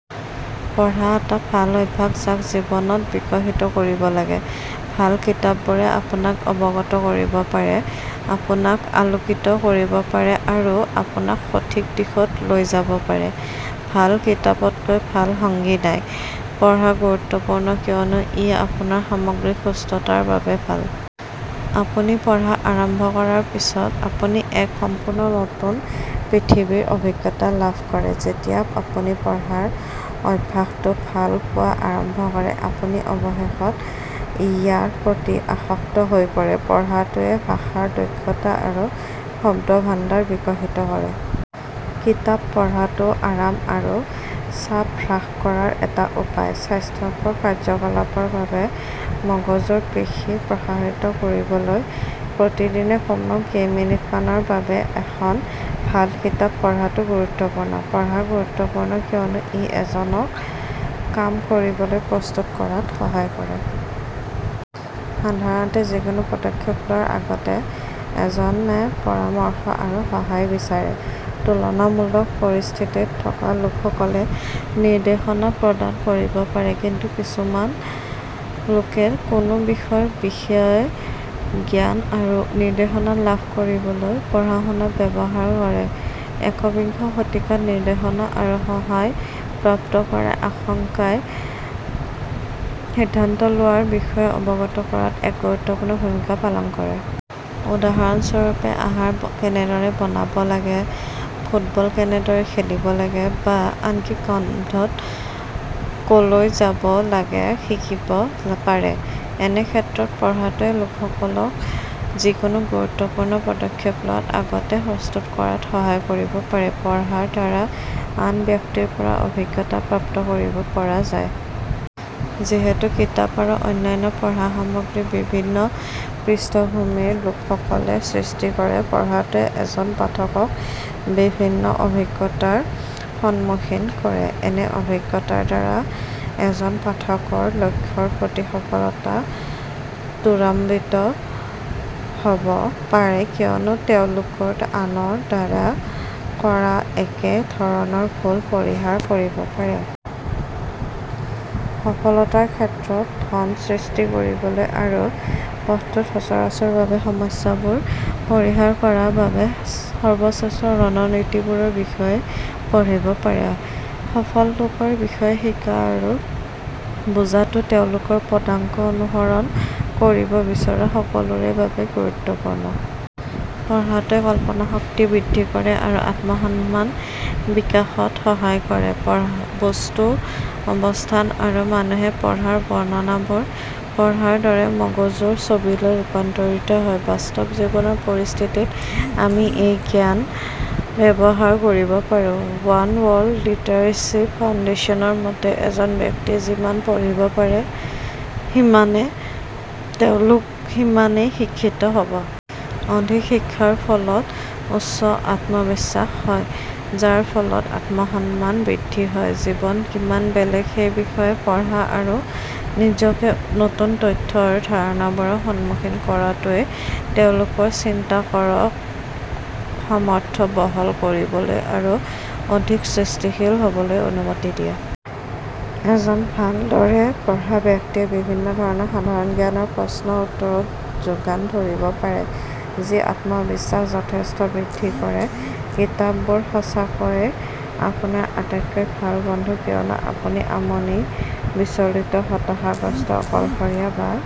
পঢ়া এটা ভাল অভ্যাস যাক জীৱনত বিকশিত কৰিব লাগে। ভাল কিতাপবোৰে আপোনাক অৱগত কৰিব পাৰে, আপোনাক আলোকিত কৰিব পাৰে আৰু আপোনাক সঠিক দিশত লৈ যাব পাৰে। ভাল কিতাপতকৈ ভাল সংগী নাই। পঢ়া গুৰুত্বপূৰ্ণ কিয়নো ই আপোনাৰ সামগ্ৰিক সুস্থতাৰ বাবে ভাল। আপুনি পঢ়া আৰম্ভ কৰাৰ পিছত, আপুনি এক সম্পূৰ্ণ নতুন পৃথিৱীৰ অভিজ্ঞতা লাভ কৰে। যেতিয়া আপুনি পঢ়াৰ অভ্যাসটো ভাল পোৱা আৰম্ভ কৰে আপুনি অৱশেষত ইয়াৰ প্ৰতি আসক্ত হৈ পৰে। পঢ়াটোৱে ভাষাৰ দক্ষতা আৰু শব্দভাণ্ডাৰ বিকশিত কৰে। কিতাপ পঢ়াটোও আৰাম আৰু চাপ হ্ৰাস কৰাৰ এটা উপায়। স্বাস্থ্যকৰ কাৰ্যকলাপৰ বাবে মগজুৰ পেশী প্ৰসাৰিত কৰিবলৈ প্ৰতিদিনে কমেও কেইমিনিটমানৰ বাবে এখন ভাল কিতাপ পঢ়াটো গুৰুত্বপূৰ্ণ। পঢ়া গুৰুত্বপূৰ্ণ কিয়নো ই এজনক কাম কৰিবলৈ প্ৰস্তুত কৰাত সহায় কৰে। সাধাৰণতে, যিকোনো পদক্ষেপ লোৱাৰ আগতে, এজনে পৰামৰ্শ আৰু সহায় বিচাৰে। তুলনামূলক পৰিস্থিতিত থকা লোকসকলে নিৰ্দেশনা প্ৰদান কৰিব পাৰে। কিন্তু কিছুমান লোকে কোনো বিষয়ৰ বিষয়ে জ্ঞান আৰু নিৰ্দেশনা লাভ কৰিবলৈ পঢ়া-শুনা ব্যৱহাৰ কৰে। একবিংশ শতিকাত, নিৰ্দেশনা আৰু সহায় প্ৰাপ্ত কৰাৰ আকাংক্ষাই সিদ্ধান্ত লোৱাৰ বিষয়ে অৱগত কৰাত এক গুৰুত্বপূৰ্ণ ভূমিকা পালন কৰে। উদাহৰণ স্বৰূপে, আহাৰ কেনেদৰে বনাব লাগে, ফুটবল কেনেদৰে খেলিব লাগে, বা আনকি বন্ধত ক'লৈ যাব লাগে শিকিব পাৰে। এনে ক্ষেত্ৰত, পঢ়াটোৱে লোকসকলক যিকোনো গুৰুত্বপূৰ্ণ পদক্ষেপ লোৱাৰ আগতে প্ৰস্তুত কৰাত সহায় কৰিব পাৰে। পঢ়াৰ দ্বাৰা আন ব্যক্তিৰ পৰা অভিজ্ঞতা প্ৰাপ্ত কৰিব পৰা যায়। যিহেতু কিতাপ আৰু অন্যান্য পঢ়া সামগ্ৰী বিভিন্ন পৃষ্ঠভূমিৰ লোকসকলে সৃষ্টি কৰে, পঢ়াটোৱে এজন পাঠকক বিভিন্ন অভিজ্ঞতাৰ সন্মুখীন কৰে। এনে অভিজ্ঞতাৰ দ্বাৰা এজন পাঠকৰ লক্ষ্যৰ প্ৰতি সফলতা ত্বৰান্বিত হ'ব পাৰে কিয়নো তেওঁলোকে আনৰ দ্বাৰা কৰা একে ধৰণৰ ভুল পৰিহাৰ কৰিব পাৰে। সফলতাৰ ক্ষেত্ৰত, ধন সৃষ্টি কৰিবলৈ আৰু পথটোত সচৰাচৰ হোৱা সমস্যাবোৰ পৰিহাৰ কৰাৰ বাবে সৰ্বশ্ৰেষ্ঠ ৰণনীতিবোৰৰ বিষয়ে পঢ়িব পাৰে। সফল লোকৰ বিষয়ে শিকা আৰু বুজা টো তেওঁলোকৰ পদাংক অনুসৰণ কৰিব বিচৰা সকলোৰে বাবে গুৰুত্বপূৰ্ণ। পঢ়াটোৱে কল্পনাশক্তি বৃদ্ধি কৰে আৰু আত্ম-সন্মান বিকাশত সহায় কৰে। বস্তু, অৱস্থান আৰু মানুহে পঢ়া ৰ বৰ্ণনাবোৰ পঢ়াৰ দৰে মগজুৰ ছবিলৈ ৰূপান্তৰিত হয়। বাস্তৱ জীৱনৰ পৰিস্থিতিত, আমি এই জ্ঞান ব্যৱহাৰ কৰিব পাৰোঁ। ৱান ৱৰ্ল্ড লিটাৰেচি ফাউণ্ডেচন ৰ মতে, এজন ব্যক্তিয়ে যিমানে পঢ়িব সিমানে তেওঁলোক সিমানেই শিক্ষিত হ'ব। অধিক শিক্ষাৰ ফলত উচ্চ আত্মবিশ্বাস হয়, যাৰ ফলত আত্মসন্মান বৃদ্ধি হয়। জীৱন কিমান বেলেগ সেই বিষয়ে পঢ়া আৰু নিজকে নতুন তথ্য আৰু ধাৰণাবোৰৰ সন্মুখীন কৰাটোৱে তেওঁলোকৰ চিন্তাকৰাৰ সামৰ্থ্য বহল কৰিবলৈ আৰু অধিক সৃষ্টিশীল হ'বলৈ অনুমতি দিয়ে। এজন ভালদৰে পঢ়া ব্যক্তিয়ে বিভিন্ন ধৰণৰ সাধাৰণ জ্ঞানৰ প্ৰশ্নৰ উত্তৰ যোগান ধৰিব পাৰে, যি আত্মবিশ্বাস যথেষ্ট বৃদ্ধি কৰে। কিতাপবোৰ সঁচাকৈয়ে আপোনাৰ আটাইতকৈ ভাল বন্ধু কিয়নো আপুনি আমনি, বিচলিত, হতাশাগ্ৰস্ত, অকলশৰীয়া বা